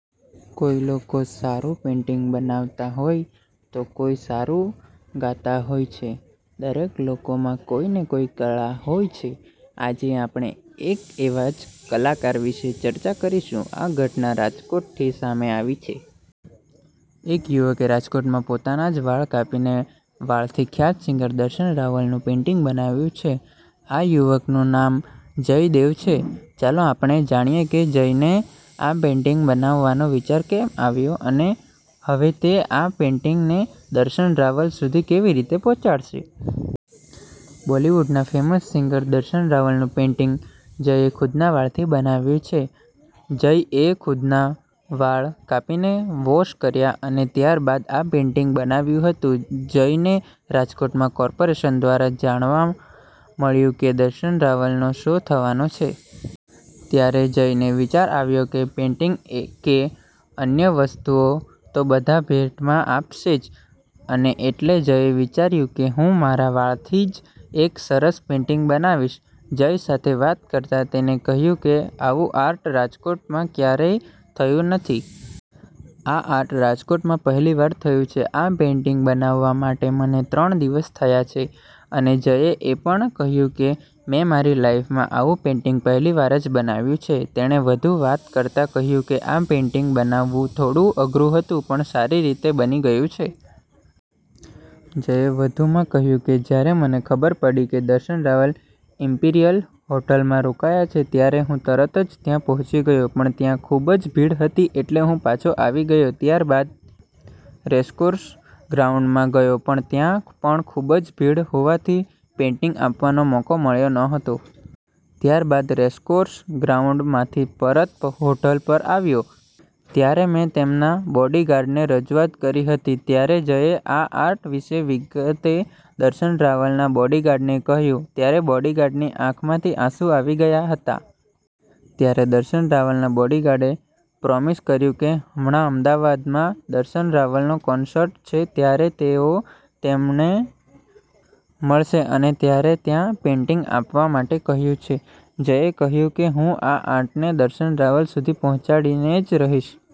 કોઈ લોકો સારૂ પેઈન્ટિંગ બનાવતા હોઈ તો કોઈ સારૂ ગાતા હોય છે. દરેક લોકોમાં કોઈને કોઈ કળા હોય છે. આજે આપણે એક એવા જ કલાકાર વિષે ચર્ચા કરીશું. આ ઘટના રાજકોટ થી સામે આવી છે. એક યુવકે રાજકોટમાં પોતાના જ વાળ કાપીને વાળથી ખ્યાત સિંગર દર્શન રાવલ નું પેઈન્ટિંગ બનાવ્યું છે. આ યુવકનું નામ જય દવે છે, ચાલો આપને જાણીએ કે જયને આ પેઈન્ટિંગ બનાવવાનો વિચાર કેમ આવ્યો અને હવે તે આ પેઈન્ટિંગને દર્શન રાવલ સુધી કેવી રીતે પહોંચાડશે. બોલિવૂડના ફેમસ સિંગર દર્શન રાવલનું પેઈન્ટિંગ જયે ખુદના વાળથી બનાવ્યું છે. જયએ ખુદના વાળ કાપીને વોશ કર્યા અને ત્યાર બાદ આ પેઈન્ટિંગ બનાવ્યું હતું. જયને રાજકોટમાં કોર્પોરેશન દ્વારા જાણવા મળ્યું કે દર્શન રાવલનો શો થવાનો છે. ત્યારે જયને વિચાર આવ્યો કે પેઈન્ટિંગ કે અન્ય વસ્તુઓ તો બધા ભેટમાં આપશે જ અને એટલે જયે વિચાર્યું કે, હું મારા વાળથી જ એક સરસ પેઈન્ટિંગ બનાવીશ. જય સાથે વાત કરતા તેને કહ્યું કે, આવું આર્ટ રાજકોટમાં ક્યારેય થયું નથી. આ આર્ટ રાજકોટમાં પહેલીવાર થયું છે. આ પેઈન્ટિંગ બનાવા માટે મને ત્રણ દિવસ થયા છે અને જયે એ પણ કહ્યું કે મેં મારી લાઈફમાં આવું પેઈન્ટિંગ પહેલીવાર જ બનાવ્યું છે. તેણે વધુ વાત કરતા કહ્યું કે આ પેઈન્ટિંગ બનાવવું થોડુ અઘરૂ હતું પણ સારી રીતે બની ગયું છે. જયે વધુમાં કહ્યું કે જ્યારે મને ખબર પડી કે, દર્શન રાવલ ઈમ્પિરિયલ હોટલમાં રોકાયો છે. ત્યારે હું તરતજ ત્યાં પહોચી ગયો પણ ત્યાં ખુબજ ભીડ હતી એટલે હું પાછો આવી ગયો. ત્યાર બાદ રેસકોર્ષ ગ્રાઉન્ડમાં ગયો પણ ત્યાં પણ ખુબજ ભીડ હોવાથી પેઈન્ટિંગ આપવાનો મોકો મળ્યો ન હતો. ત્યાર બાદ રેસકોર્ષ ગ્રાઉન્ડ માંથી પરત હોટલ પર આવ્યો ત્યારે મેં તેમના બોડિગાર્ડને રજુઆત કરી હતી. ત્યારે જયે આ આર્ટ વિષે વિગતે દર્શન રાવલના બોડિગાર્ડ ને કહ્યું ત્યારે બોડિગાર્ડની આંખ માંથી આંસુ આવી ગયા હતા. ત્યારે દર્શન રાવલના બોડિગાર્ડએ પ્રોમિસ કર્યું કે હમણાં અમદાવાદમાં દર્શન રાવલનો કોન્સર્ન છે. ત્યારે તેઓ તેમને મળશે અને ત્યારે ત્યાં પેઈન્ટિંગ આપવા માટે કહ્યું છે. જયે કહ્યું કે હું આ આર્ટને દર્શન રાવલ સુધી પહોંચાડીને જ રહીશ.